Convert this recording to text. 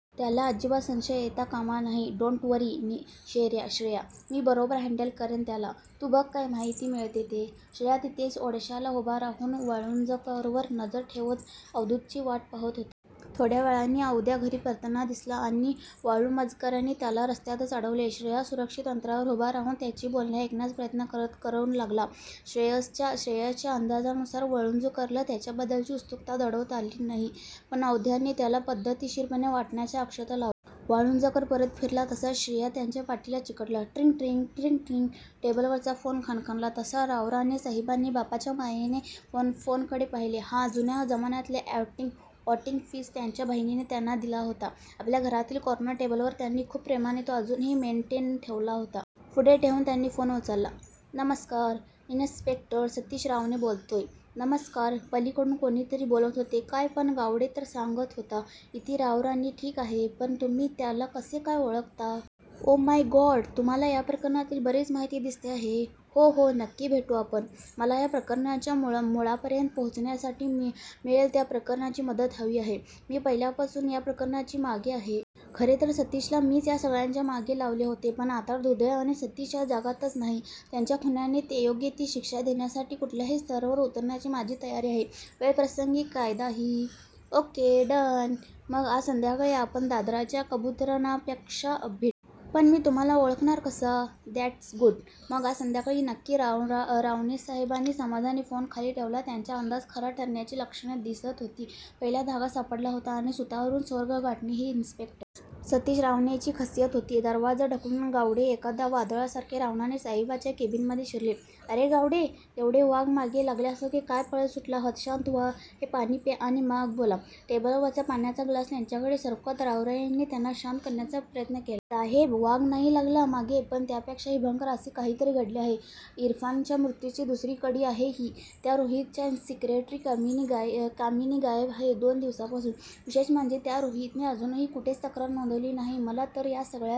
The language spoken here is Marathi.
त्याला अजिबात संशय येता कामा नये. "डोंट वरी, शिर्या. मी बरोबर हँडल करेन त्याला. तू बघ काय माहिती मिळते ते? " शिर्या तिथेच आडोश्याला उभा राहून वाळूंजकरवर नजर ठेवत अवधूतची वाट पाहू लागला. थोड्या वेळाने औध्या घरी परतताना दिसला आणि वाळूम्जकरने त्याला रस्त्यातच अडवले. शिर्या सुरक्षीत अंतरावर उभा राहून त्यांचे बोलणे ऐकण्याचा प्रयत्न करू लागला. शिर्याच्या अंदाजानुसार वाळूंजकरला त्याच्याबद्दलची उत्सुकता दडवता आली नाही. पण औध्याने त्याला पद्धतशीरपणे वाटाण्याच्या अक्षता लावल्या. वाळूंजकर परत फिरला तसा शिर्या त्याच्या पाठीला चिकटला. "ट्रिंग ट्रिंग... ट्रिंग ट्रिंग... टेबलावरचा फोन खणखणला तसा रावराणे साहेबांनी बापाच्या मायेने फोनकडे पाहीले. हा जुन्या जमान्यातला अॅंटिक पीस त्यांच्या बहिणीने त्यांना दिला होता. आपल्या घरातील कॉर्नर टेबलवर त्यांनी खुप प्रेमाने तो अजुनही मेनटेन ठेवला होता. पुढे होवून त्यांनी फोन उचलला.... "नमस्कार, इन्स्पे. सतीश रावराणे बोलतोय. "" नमस्कार,............ " पलिकडून कोणीतरी बोलत होते.. "काय, पण गावडे तर सांगत होता...... " इति रावराणे "ठिक आहे, पण तूम्ही त्याला कसे काय ओळखता? " "ओ माय गॉड, तुम्हाला या प्रकरणातली बरीच माहिती दिसते आहे. " "हो हो नक्की भेटू आपण. मला या प्रकरणाच्या मुळापर्यंत पोहोचण्यासाठी मिळेल त्या प्रकारची मदत हवी आहे. " "मी पहिल्यापासुन या प्रकरणाच्या मागे आहे. खरेतर सतीशला मीच या सगळ्याच्या मागे लावले होते. पण आता दुर्दैवाने सतीश या जगातच नाही. त्याच्या खुन्यांना योग्य ती शिक्षा देण्यासाठी कुठल्याही स्तराला उतरायची माझी तयारी आहे. वेळप्रसंगी कायदाही............ " "ओक्के, डन! मग आज संध्याकाळी आपण दादरच्या कबुतरखान्यापाशी भेटू. पण मी तुम्हाला ओळखणार कसा? " "दॅट्स गुड! मग आज संध्याकाळी नक्की. " रावराणेसाहेबांनी समाधानाने फोन खाली ठेवला. त्यांचा अंदाज खरा ठरण्याची लक्षणे दिसत होती. पहिला धागा सापडला होता. आणि सुतावरून स्वर्ग गाठणे ही इन्स्पे. सतीश रावराणेंची खासियत होती. दरवाजा ढकलून गावडे एखाद्या वादळासारखे रावराणे साहेबांच्या केबीनमध्ये शिरले. "अरे गावडे, एवढे वाघ मागे लागल्यासारखे काय पळत सुटला आहात. शांत व्हा, हे पाणी प्या आणि मग बोला. " टेबलावरचा पाण्याचा ग्लास त्यांच्याकडे सरकवत रावराणेंनी त्यांना शांत करण्याचा प्रयत्न केला. "साहेब वाघ नाही लागला मागे, पण त्याहीपेक्षा भयंकर असे काहीतरी घडले आहे. इरफानच्या मृत्युची दुसरी कडी आहे ही. त्या रोहीतची सेक्रेटरी कामिनी गायब आहे दोन दिवसापासून. विशेष म्हणजे त्या रोहीतने अजुनही कुठेच तक्रार नोंदवलेली नाही. मला तर या सगळ्यात